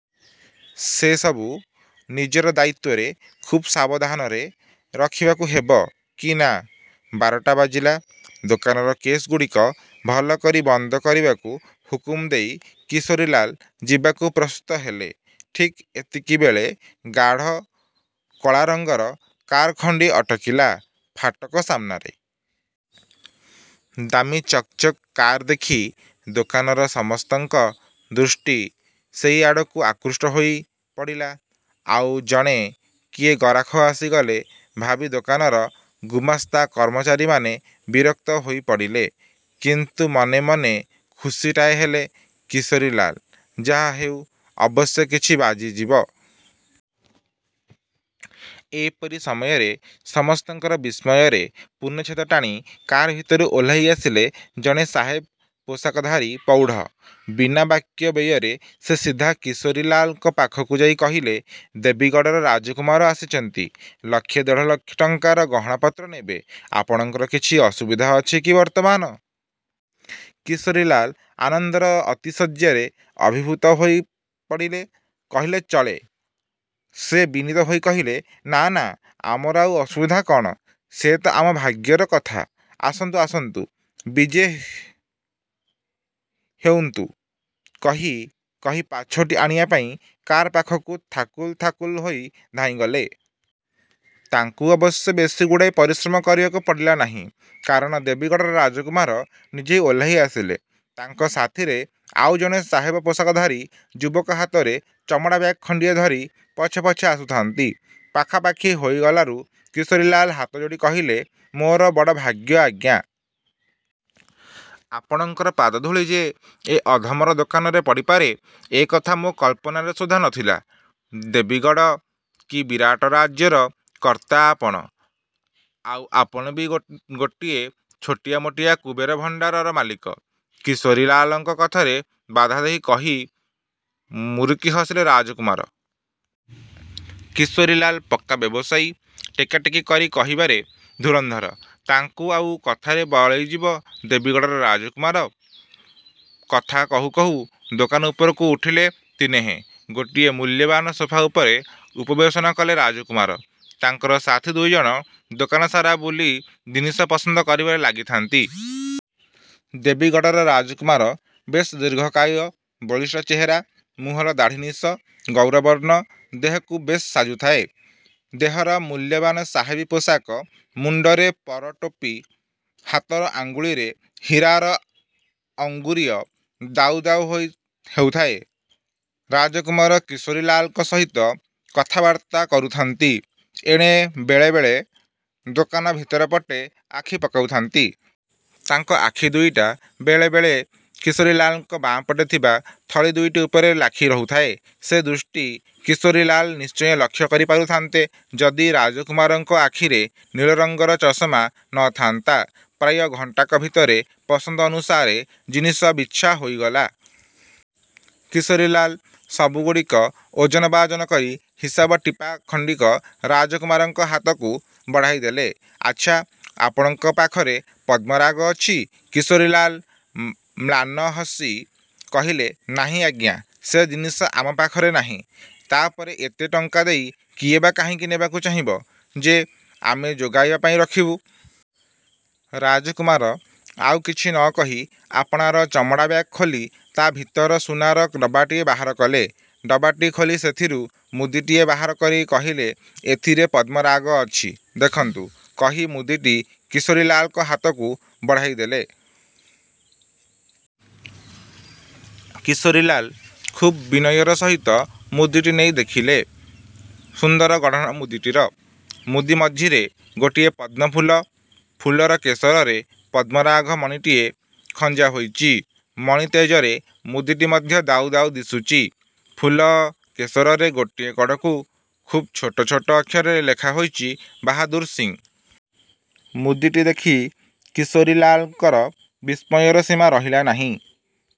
ସେ ସବୁ ନିଜର ଦାୟିତ୍ୱରେ ଖୁବ୍ ସାବଧାନରେ ରଖିବାକୁ ହେବ କି ନା! ବାରଟା ବାଜିଲା। ଦୋକାନର କେଶ୍ ଗୁଡ଼ିକ ଭଲ କରି ବନ୍ଦ କରିବାକୁ ହୁକୁମ ଦେଇ କିଶୋରୀଲାଲ ଯିବାକୁ ପ୍ରସ୍ତତ ହେଲେ। ଠିକ୍ ଏତିକିବେଳେ ଗାଢ଼ କଳାରଙ୍ଗର କାର୍ ଖଣ୍ଡିଏ ଅଟକିଲା ଫାଟକ ସାମ୍ନାରେ। ଦାମୀ ଚକ୍ ଚକ୍ କାର୍ ଦେଖି ଦୋକାନର ସମସ୍ତଙ୍କ ଦୃଷ୍ଟି ସେଇ ଆଡ଼କୁ ଆକୃଷ୍ଟ ହୋଇ ପଡ଼ିଲା। ଆଉ ଜଣେ କିଏ ଗରାଖ ଆସିଗଲେ ଭାବି ଦୋକାନର ଗୁମାସ୍ତା କର୍ମଚାରୀମାନେ ବିରକ୍ତ ହୋଇ ପଡ଼ିଲେ। କିନ୍ତୁ ମନେ ମନେ ଖୁସିଟାଏ ହେଲେ କିଶୋରୀଲାଲ। ଯାହା ହେଉ ଅବଶ୍ୟ କିଛି ବାଜିଯିବ। ଏପରି ସମୟରେ ସମସ୍ତଙ୍କର ବିସ୍ମୟରେ ପୂର୍ଣ୍ଣଚ୍ଛେଦ ଟାଣି କାର୍ ଭିତରୁ ଓହ୍ଲାଇ ଆସିଲେ ଜଣେ ସାହେବ ପୋଷାକଧାରୀ ପ୍ରୌଢ଼। ବିନା ବାକ୍ୟ ବ୍ୟୟରେ ସେ ସିଧା କିଶୋରୀଲାଲଙ୍କ ପାଖକୁ ଯାଇ କହିଲେ-''ଦେବୀଗଡ଼ର ରାଜକୁମାର ଆସିଛନ୍ତି। ଲକ୍ଷେ ଦେଢ଼ ଲକ୍ଷ ଟଙ୍କାର ଗହଣା ପତ୍ର ନେବେ। ଆପଣଙ୍କର କିଛି ଅସୁବିଧା ଅଛି କି ବର୍ତ୍ତମାନ? '' କିଶୋରୀଲାଲ ଆନନ୍ଦର ଆତିଶଯ୍ୟାରେ ଅଭିଭୂତ ହୋଇ ପଡ଼ିଲେ କହିଲେ ଚଳେ। ସେ ବିନୀତ ହୋଇ କହିଲେ-''ନା ନା, ଆମର ଆଉ ଅସୁବିଧା କ'ଣ? ସେ ତ ଆମ ଭାଗ୍ୟର କଥା। '' ''ଆସନ୍ତୁ, ଆସନ୍ତୁ, ବିଜେ ହେଉନ୍ତୁ''-କହି କହି ପାଛୋଟି ଆଣିବା ପାଇଁ କାର୍ ପାଖକୁ ଥାକୁଲୁ ଥାକୁଲୁ ହୋଇ ଧାଇଁଗଲେ। ତାଙ୍କୁ ଅବଶ୍ୟ ବେଶୀ ଗୁଡ଼ାଏ ପରିଶ୍ରମ କରିବାକୁ ପଡ଼ିଲା ନାହିଁ। କାରଣ ଦେବୀଗଡ଼ର ରାଜକୁମାର ନିଜେ ଓହ୍ଲାଇ ଆସିଲେ। ତାଙ୍କ ସାଥିରେ ଆଉ ଜଣେ ସାହେବ ପୋଷାକଧାରୀ ଯୁବକ ହାତରେ ଚମଡ଼ା ବ୍ୟାଗ୍ ଖଣ୍ଡିଏ ଧରି ପଛେ ପଛେ ଆସୁଥାନ୍ତି। ପାଖାପାଖି ହୋଇଗଲାରୁ କିଶୋରୀଲାଲ ହାତଯୋଡ଼ି କହିଲେ-''ମୋର ବଡ଼ ଭାଗ୍ୟ ଆଜ୍ଞା! ଆପଣଙ୍କର ପାଦଧୂଳି ଯେ ଏ ଅଧମର ଦୋକାନରେ ପଡ଼ିପାରେ, ଏକଥା ମୋ କଳ୍ପନାରେ ସୁଦ୍ଧା ନ ଥିଲା। ଦେବୀଗଡ଼! କି ବିରାଟରାଜ୍ୟର କର୍ତ୍ତା ଆପଣ। '' ''ଆଉ ଆପଣ ବି ଗୋଟିଏ ଛୋଟିଆ ମୋଟିଆ କୁବେର ଭଣ୍ଡାରର ମାଲିକ'' କିଶୋରୀଲାଲଙ୍କ କଥାରେ ବାଧାଦେଇ କହି ମୁରୁକି ହସିଲେ ରାଜକୁମାର। କିଶୋରୀଲାଲ ପକ୍କା ବ୍ୟବସାୟୀ। ଟେକା ଟେକି କରି କହିବାରେ ଧୂରନ୍ଧର। ତାଙ୍କୁ ଆଉ କଥାରେ ବଳେଇଯିବେ ଦେବୀଗଡ଼ର ରାଜକୁମାର? କଥା କହୁ କହୁ ଦୋକାନ ଉପରକୁ ଉଠିଲେ ତିନିହେଁ। ଗୋଟିଏ ମୂଲ୍ୟବାନ ସୋଫା ଉପରେ ଉପବେଶନ କଲେ ରାଜକୁମାର। ତାଙ୍କର ସାଥି ଦୁଇଜଣ ଦୋକାନ ସାରା ବୁଲି ଜିନିଷ ପସନ୍ଦ କରିବାରେ ଲାଗିଥାନ୍ତି। ଦେବୀଗଡ଼ର ରାଜକୁମାର। ବେଶ୍ ଦୀର୍ଘକାୟ ବଳିଷ୍ଠ ଚେହେରା। ମୁହଁର ଦାଢ଼ି ନିଶ ଗୌରବର୍ଣ୍ଣ ଦେହକୁ ବେଶ୍ ସାଜୁଥାଏ। ଦେହରେ ମୂଲ୍ୟବାନ ସାହେବୀ ପୋଷାକ। ମୁଣ୍ଡରେ ପର ଟୋପି।। ହାତର ଅଙ୍ଗୁଳିରେ ହୀରାର ଅଙ୍ଗୁରୀୟ ଦାଉ ଦାଉ ହେଉଥାଏ। ରାଜକୁମାର କିଶୋରୀଲାଲଙ୍କ ସହିତ କଥାବାର୍ତ୍ତା କରୁଥାନ୍ତି। ଏଣେ ବେଳେ ବେଳେ ଦୋକାନ ଭିତରପଟେ ଆଖି ପକାଉଥାନ୍ତି। ତାଙ୍କ ଆଖି ଦୁଇଟା ବେଳେ ବେଳେ କିଶୋରୀଲାଲଙ୍କ ବାଁ ପଟେ ଥିବା ଥଳି ଦୁଇଟି ଉପରେ ଲାଖି ରହୁଥାଏ। ସେ ଦୃଷ୍ଟି କିଶୋରୀଲାଲ ନିଶ୍ଚୟ ଲକ୍ଷ୍ୟ କରି ପାରୁଥାନ୍ତେ, ଯଦି ରାଜକୁମାରଙ୍କ ଆଖିରେ ନୀଳରଙ୍ଗର ଚଷମା ନ ଥାନ୍ତା। ପ୍ରାୟ ଘଣ୍ଟାକ ଭିତରେ ପସନ୍ଦ ଅନୁସାରେ ଜିନିଷ ବିଛା ହୋଇଗଲା। କିଶୋରୀଲାଲ ସବୁ ଗୁଡ଼ିକ ଓଜନ ବାଜନ କରି ହିସାବ ଟିପା ଖଣ୍ଡିକ ରାଜକୁମାରଙ୍କ ହାତକୁ ବଢ଼ାଇ ଦେଲେ। ଆଚ୍ଛା, ଆପଣଙ୍କ ପାଖରେ ପଦ୍ମରାଗ ଅଛି? '' କିଶୋରୀଲାଲ ମ୍ଳାନ ହସି କହିଲେ-''ନାଇଁ ଆଜ୍ଞା! ସେ ଜିନିଷ ଆମ ପାଖରେ ନାହିଁ-। ତା'ପରେ ଏତେ ଟଙ୍କା ଦେଇ କିଏ ବା କାହିଁକି ନେବାକୁ ଚାହିଁବ ଯେ, ଆମେ ଯୋଗାଇବା ପାଇଁ ରଖିବୁ। '' ରାଜକୁମାର ଆଉ କିଛି ନ କହି ଆପଣାର ଚମଡ଼ା ବ୍ୟାଗ୍ ଖୋଲି ତା' ଭିତର ସୁନାର ଡବାଟିଏ ବାହାର କଲେ। ଡବାଟି ଖୋଲି ସେଥିରୁ ମୁଦିଟିଏ ବାହାର କରି କହିଲେ-''ଏଥିରେ ପଦ୍ମରାଗ ଅଛି ଦେଖନ୍ତୁ। '' କହି ମୁଦିଟି କିଶୋରୀଲାଲଙ୍କ ହାତକୁ ବଢ଼ାଇ ଦେଲେ। କିଶୋରୀଲାଲ ଖୁବ୍ ବିନୟର ସହିତ ମୁଦିଟି ନେଇ ଦେଖିଲେ। ସୁନ୍ଦର ଗଢ଼ଣ ମୁଦିଟିର। ମୁଦି ମଝିରେ ଗୋଟିଏ ପଦ୍ମଫୁଲ। ଫୁଲର କେଶରରେ ପଦ୍ମରାଗ ମଣିଟିଏ ଖଞ୍ଜା ହୋଇଛି। ମଣି ତେଜରେ ମୁଦିଟି ମଧ୍ୟ ଦାଉ ଦାଉ ଦିଶୁଛି। ଫୁଲ କେଶରରେ ଗୋଟିଏ କଡ଼କୁ ଖୁବ୍ ଛୋଟ ଛୋଟ ଅକ୍ଷରରେ ଲେଖା ହୋଇଛି-''ବାହାଦୂର ସିଂ। '' ମୁଦିଟି ଦେଖି କିଶୋରୀଲାଲଙ୍କର ବିସ୍ମୟର ସୀମା ରହିଲା ନାହିଁ।